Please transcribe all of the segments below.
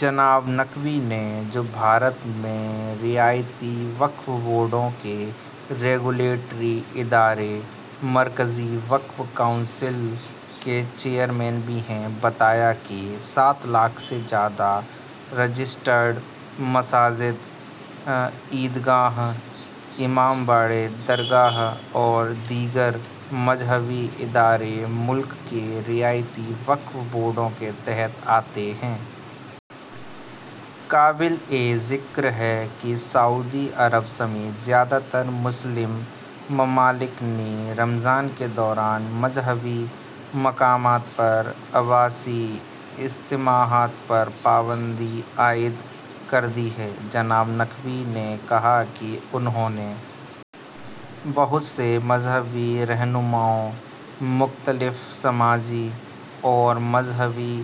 جناب نقوی نے، جو بھارت میں ریاستی وقف بورڈوں کے ریگولیٹری ادارے، مرکزی وقف کونسل کے چیئرمین بھی ہیں، بتایا کہ سات لاکھ سے زیادہ رجسٹرڈ مساجد، عید گاہیں، امام باڑے، درگاہیں اور دیگر مذہبی ادارے ملک کے ریاستی وقف بورڈوں کے تحت آتے ہیں۔ قابلِ ذکر ہے کہ سعودی عرب سمیت زیادہ تر مسلم ممالک نے رمضان کے دوران مذہبی مقامات پر عوامی اجتماعات پر پابندی عائد کر دی ہے۔ جناب نقوی نے کہا کہ انہوں نے بہت سے مذہبی رہنماؤں، مختلف سماجی اور مذہبی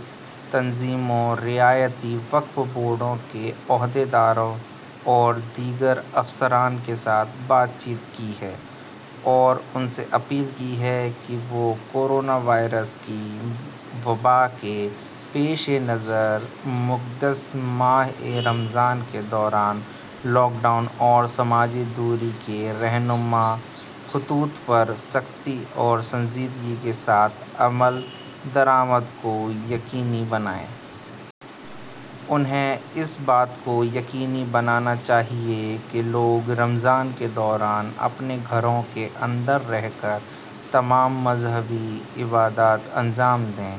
تنظیموں، ریاستی وقف بورڈوں کے عہدیداروں اور دیگر افسران کے ساتھ بات چیت کی ہے اور ان سے اپیل کی ہے کہ وہ کورونا وائرس کی وبا کے پیشِ نظر مقدس ماہِ رمضان کے دوران لاک ڈاؤن اور سماجی دوری کے رہنما خطوط پر سختی اور سنجیدگی کے ساتھ عمل درآمد کو یقینی بنائیں۔ انہیں اس بات کو یقینی بنانا چاہیے کہ لوگ رمضان کے دوران اپنے گھروں کے اندر رہ کر تمام مذہبی عبادات انجام دیں۔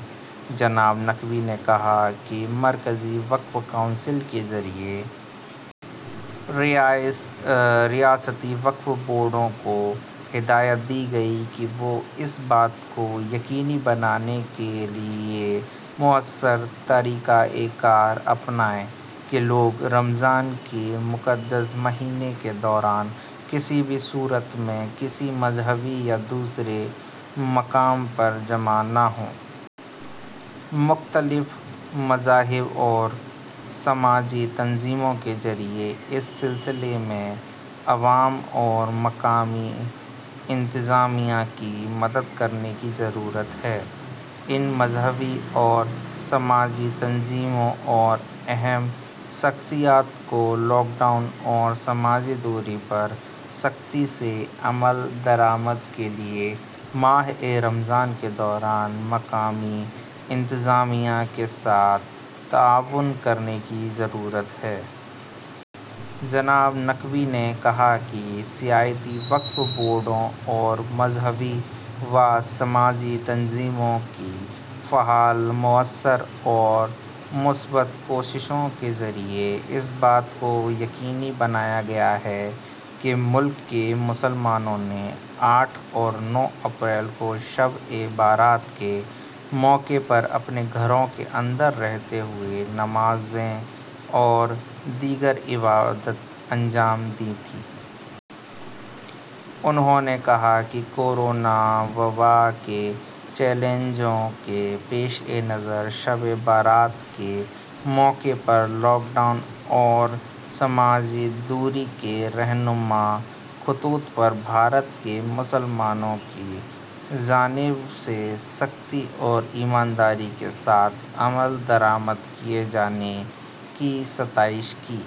جناب نقوی نے کہا کہ مرکزی وقف کونسل کے ذریعے ریاستی وقف بورڈوں کو ہدایت دی گئی ہے کہ وہ اس بات کو یقینی بنانے کے لیے مؤثر طریقۂ کار اپنائیں کہ لوگ رمضان کے مقدس مہینے کے دوران کسی بھی صورت میں کسی مذہبی یا دوسرے مقام پر جمع نہ ہوں۔ مختلف مذاہب اور سماجی تنظیموں کے ذریعے اس سلسلے میں عوام اور مقامی انتظامیہ کی مدد کرنے کی ضرورت ہے۔ ان مذہبی اور سماجی تنظیموں اور اہم شخصیات کو لاک ڈاؤن اور سماجی دوری پر سختی سے عمل درآمد کے لیے ماہِ رمضان کے دوران مقامی انتظامیہ کے ساتھ تعاون کرنے کی ضرورت ہے۔ جناب نقوی نے کہا کہ ریاستی وقف بورڈوں اور مذہبی و سماجی تنظیموں کی فعال، مؤثر اور مثبت کوششوں کے ذریعے اس بات کو یقینی بنایا گیا ہے کہ ملک کے مسلمانوں نے آٹھ اور نو اپریل کو شبِ برات کے موقع پر اپنے گھروں کے اندر رہتے ہوئے نمازیں اور دیگر عبادات انجام دی تھیں۔ انہوں نے کہا کہ کورونا وبا کے چیلنجوں کے پیشِ نظر شبِ برات کے موقع پر لاک ڈاؤن اور سماجی دوری کے رہنما خطوط پر بھارت کے مسلمانوں کی جانب سے سختی اور ایمانداری کے ساتھ عمل درآمد کیے جانے کی ستائش کی۔